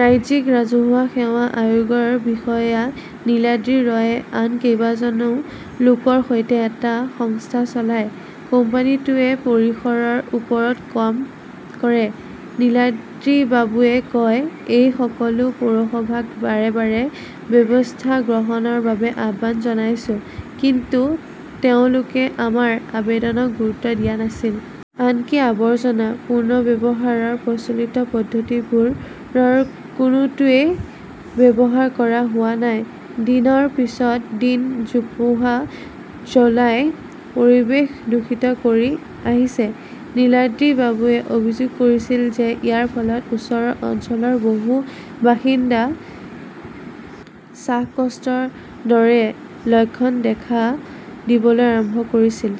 ৰাজ্যিক ৰাজহুৱা সেৱা আয়োগৰ বিষয়া নীলাদ্ৰী ৰয়ে আন কেইবাজনো লোকৰ সৈতে এটা সংস্থা চলায়। কোম্পানীটোৱে পৰিশৰৰ ওপৰত কাম কৰে। নীলাদ্ৰী বাবুৱে কয়, এই সকলো পৌৰসভাক বাৰে বাৰে ব্যৱস্থা গ্ৰহণৰ বাবে আহ্বান জনাইছো। কিন্তু তেওঁলোকে আমাৰ আবেদনত গুৰুত্ব দিয়া নাছিল। আনকি, আৱৰ্জনা পুনৰ্ব্যৱহাৰৰ প্ৰচলিত পদ্ধতিবোৰৰ কোনোটোৱেই ব্যৱহাৰ কৰা হোৱা নাই। দিনৰ পিছত দিন জোপোহা জ্বলাই পৰিৱেশ দূষিত কৰি আহিছে। নীলাদ্ৰি বাবুৱে অভিযোগ কৰিছিল যে ইয়াৰ ফলত ওচৰৰ অঞ্চলৰ বহু বাসিন্দা শ্বাসকষ্টৰ দৰে লক্ষণ দেখা দিবলৈ আৰম্ভ কৰিছিল।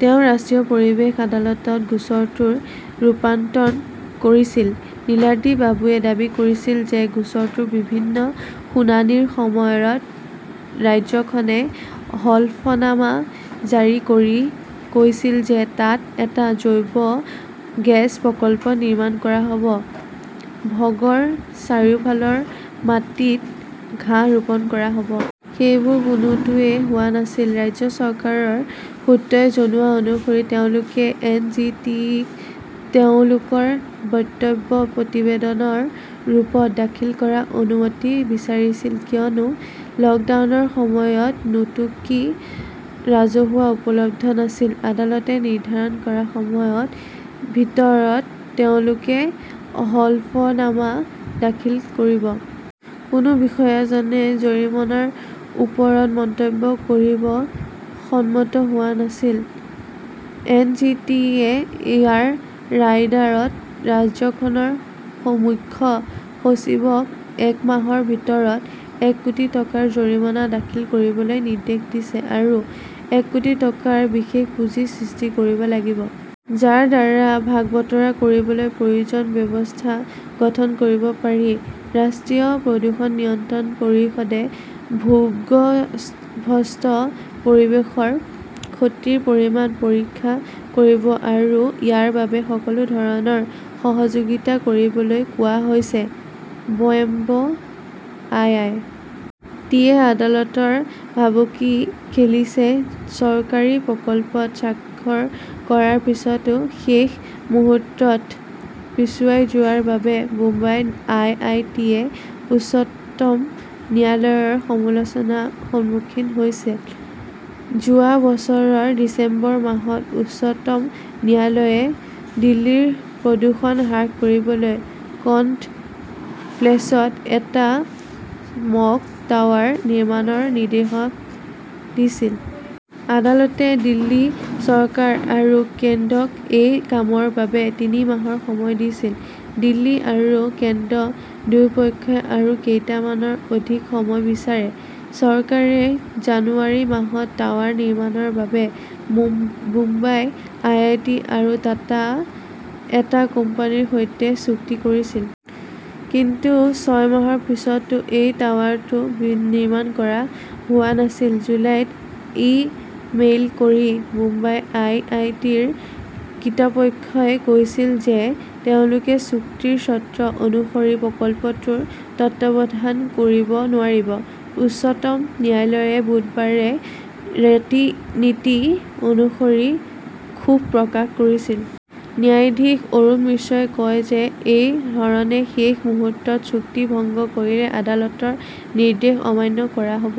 তেওঁ ৰাষ্ট্ৰীয় পৰিৱেশ আদালতত গোচৰটোৰ ৰূপান্ত্তন কৰিছিল। নীলাদ্ৰী বাবুৱে দাবী কৰিছিল যে গোচৰটোৰ বিভিন্ন শুনানিৰ সময়ত ৰাজ্যখনে হলফনামা জাৰি কৰি কৈছিল যে তাত এটা জৈৱ গেছ প্ৰকল্প নিৰ্মাণ কৰা হ'ব। ভগড়ৰ চাৰিওফালৰ মাটিত ঘাঁহ ৰোপণ কৰা হব। সেইবোৰ কোনোটোৱেই হোৱা নাছিল। ৰাজ্য চৰকাৰৰ সূত্ৰই জনোৱা অনুসৰি তেওঁলোকে এন. জি. টি. - তেওঁলোকৰ বক্তব্য প্ৰতিবেদনৰ ৰূপত দাখিল কৰাৰ অনুমতি বিচাৰিছিল কিয়নো লকডাউনৰ সময়ত 'নোটকী ৰাজহুৱা উপলব্ধ নাছিল। আদালতে নিৰ্ধাৰণ কৰা সময়ৰ ভিতৰত তেওঁলোকে হলফনামা দাখিল কৰিব। কোনো বিষয়াজনে জৰিমনাৰ ওপৰত মন্তব্য কৰিব সন্মত হোৱা নাছিল। এন. জি. টি. -য়ে ইয়াৰ ৰায়দানত ৰাজ্যখনৰ মুখ্য সচিবক এক মাহৰ ভিতৰত এক কোটি টকাৰ জৰিমনা দাখিল কৰিবলৈ নিৰ্দেশ দিছে। আৰু এক কোটি টকাৰ বিশেষ পুঁজি সৃষ্টি কৰিব লাগিব। যাৰ দ্বাৰা ভাগ বতৰা কৰিবলৈ প্ৰয়োজন ব্যৱস্থা গ্ৰহণ কৰিব পাৰি। ৰাষ্ট্ৰীয় প্ৰদূষণ নিয়ন্ত্ৰণ পৰিষদে ভূগৰ্ভস্থ পৰিৱেশৰ ক্ষতিৰ পৰিমাণ পৰীক্ষা কৰিব আৰু ইয়াৰ বাবে সকলো ধৰণৰ সহযোগিতা কৰিবলৈ কোৱা হৈছে। ব 'ম্ব আই. আই. টি. -য়ে আদালতৰ ভাবুকি খেলিছে চৰকাৰী প্ৰকল্পত স্বাক্ষৰ কৰাৰ পিছতো শেষ মুহূৰ্তত পিছুৱাই যোৱাৰ বাবে বোম্বাই আই. আই. টি. -য়ে উচ্চতম ন্যায়ালয়ৰ সমালোচনা সন্মুখীন হৈছিল। যোৱা বছৰৰ ডিচেম্বৰ মাহত উচ্চতম ন্যায়ালয়ে দিল্লীৰ প্ৰদূষণ হ্ৰাস কৰিবলৈ কনট প্লেচত এটা 'স্মগ টাৱাৰ' নিৰ্মাণৰ নিৰ্দেশ দিছিল। আদালতে দিল্লী চৰকাৰ আৰু কেন্দ্ৰক এই কামৰ বাবে তিনি মাহৰ সময় দিছিল। দিল্লী আৰু কেন্দ্ৰ দুয়োপক্ষই আৰু কেইমাহমানৰ অধিক সময় বিচাৰে। চৰকাৰে জানুৱাৰী মাহত টাৱাৰ নিৰ্মাণৰ বাবে মুম বোম্বাই আই. আই. টি. আৰু টাটাৰ এটা কোম্পানীৰ সৈতে চুক্তি কৰিছিল। কিন্তু ছয় মাহৰ পিছত সেই টাৱাৰটো নি নিৰ্মাণ কৰা হোৱা নাছিল। জুলাইত ই-মেইল কৰি বোম্বাই আই. আই. টি. -ৰ কিৰ্তপক্ষই কৈছিল যে তেওঁলোকে চুক্তিৰ চৰ্ত অনুসৰি প্ৰকল্পটোৰ তত্বাৱধান কৰিব নোৱাৰিব। উচ্চতম ন্যায়ালয়ে বুধবাৰে ৰেতি-নীতি অনুসৰি ক্ষোভ প্ৰকাশ কৰিছিল। ন্যায়াধীশ অৰুণ মিশ্ৰই কয় যে এই ধৰণে শেষ মুহূৰ্তত চুক্তি ভংগ কৰিলে আদালতৰ নিৰ্দেশ অমান্য কৰা হব।